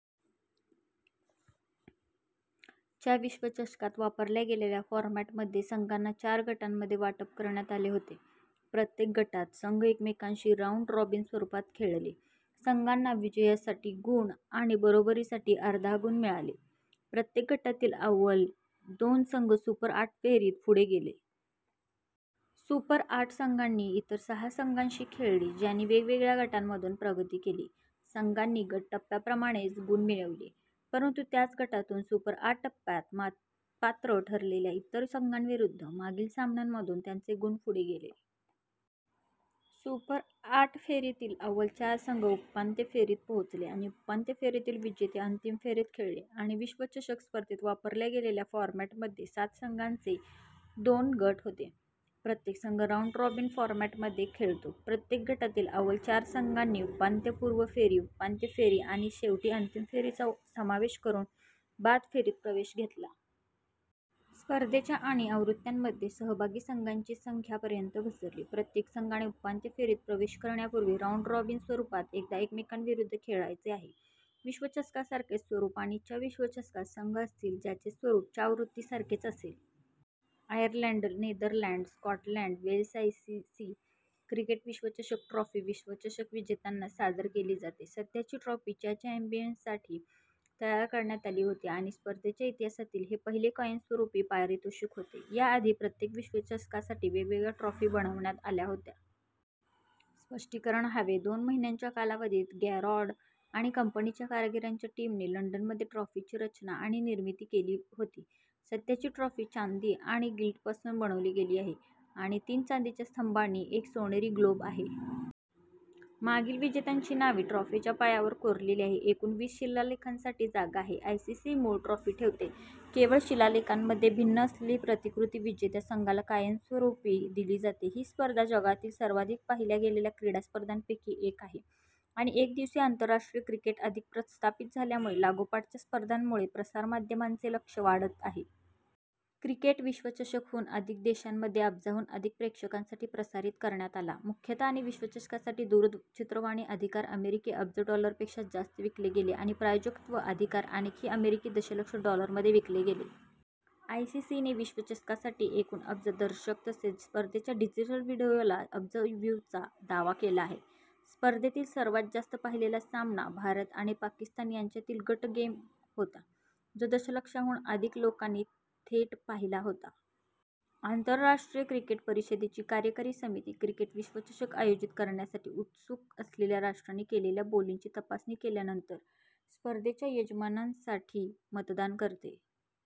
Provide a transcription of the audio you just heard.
च्या विश्वचषकात वापरल्या गेलेल्या फॉरमॅटमध्ये संघांना चार गटांमध्ये वाटप करण्यात आले होते. प्रत्येक गटात, संघ एकमेकांशी राउंड-रॉबिन स्वरूपात खेळले. संघांना विजयासाठी गुण आणि बरोबरीसाठी अर्धा गुण मिळाले. प्रत्येक गटातील अव्वल दोन संघ सुपर आठ फेरीत पुढे गेले. "सुपर आठ" संघांनी इतर सहा संघांशी खेळले ज्यांनी वेगवेगळ्या गटांमधून प्रगती केली. संघांनी गट टप्प्याप्रमाणेच गुण मिळवले, परंतु त्याच गटातून सुपर आठ टप्प्यात पात्र ठरलेल्या इतर संघांविरुद्ध मागील सामन्यांमधून त्यांचे गुण पुढे नेले. सुपर आठ फेरीतील अव्वल चार संघ उपांत्य फेरीत पोहोचले आणि उपांत्य फेरीतील विजेते अंतिम फेरीत खेळले.। आणि विश्वचषक स्पर्धेत वापरल्या गेलेल्या फॉरमॅटमध्ये सात संघांचे दोन गट होते, प्रत्येक संघ राऊंड-रॉबिन फॉरमॅटमध्ये खेळतो. प्रत्येक गटातील अव्वल चार संघांनी उपांत्यपूर्व फेरी, उपांत्य फेरी आणि शेवटी अंतिम फेरीचा समावेश करून बाद फेरीत प्रवेश केला. स्पर्धेच्या आणि आवृत्त्यांमध्ये, सहभागी संघांची संख्या पर्यंत घसरली. प्रत्येक संघाने उपांत्य फेरीत प्रवेश करण्यापूर्वी राऊंड रॉबिन स्वरूपात एकदा एकमेकांविरुद्ध खेळायचे आहे, विश्वचषकासारखेच स्वरूप. आणि च्या विश्वचषकात संघ असतील, ज्याचे स्वरूप च्या आवृत्तीसारखेच असेल. Ireland Netherland Scotland Wales ICC cricket विश्वचषक ट्रॉफी विश्वचषक विजेत्यांना सादर केली जाते. सध्याची ट्रॉफी च्या चॅम्पियनशिपसाठी तयार करण्यात आली होती आणि स्पर्धेच्या इतिहासातील हे पहिले कायमस्वरूपी पारितोषिक होते. याआधी प्रत्येक विश्वचषकासाठी वेगवेगळ्या ट्रॉफी बनवण्यात आल्या होत्या. स्पष्टीकरण हवे दोन महिन्यांच्या कालावधीत गॅरार्ड आणि कंपनीच्या कारागिरांच्या टीमने लंडनमध्ये ट्रॉफीची रचना आणि निर्मिती केली होती. सध्याची ट्रॉफी चांदी आणि गिल्टपासून बनविली गेली आहे आणि तीन चांदीच्या स्तंभांनी एक सोनेरी ग्लोब आहे. मागील विजेत्यांची नावे ट्रॉफीच्या पायावर कोरलेली आहेत, एकूण वीस शिलालेखांसाठी जागा आहे. आयसीसी मूळ ट्रॉफी ठेवते. केवळ शिलालेखांमध्ये भिन्न असलेली प्रतिकृती विजेत्या संघाला कायमस्वरूपी दिली जाते. ही स्पर्धा जगातील सर्वाधिक पाहिल्या गेलेल्या क्रीडा स्पर्धांपैकी एक आहे आणि एकदिवसीय आंतरराष्ट्रीय क्रिकेट अधिक प्रस्थापित झाल्यामुळे लागोपाठच्या स्पर्धांमुळे प्रसारमाध्यमांचे लक्ष वाढत आहे. क्रिकेट विश्वचषक हून अधिक देशांमध्ये अब्जाहून अधिक प्रेक्षकांसाठी प्रसारित करण्यात आला. मुख्यतः आणि विश्वचषकासाठी दूरचित्रवाणी अधिकार अमेरिकी अब्ज डॉलर पेक्षा जास्त विकले गेले आणि प्रायोजकत्व अधिकार आणखी अमेरिकी दशलक्ष डॉलर मध्ये विकले गेले. आयसीसी ने विश्वचषकासाठी एकूण अब्ज दर्शक तसेच स्पर्धेच्या डिजिटल व्हिडिओला अब्ज व्ह्यूजचा दावा केला आहे. स्पर्धेतील सर्वात जास्त पाहिलेला सामना भारत आणि पाकिस्तान यांच्यातील गट गेम होता, जो दशलक्षाहून अधिक लोकांनी थेट पाहिला होता. आंतरराष्ट्रीय क्रिकेट परिषदेची कार्यकारी समिती क्रिकेट विश्वचषक आयोजित करण्यासाठी उत्सुक असलेल्या राष्ट्रांनी केलेल्या बोलींची तपासणी केल्यानंतर स्पर्धेच्या यजमानांसाठी मतदान करते.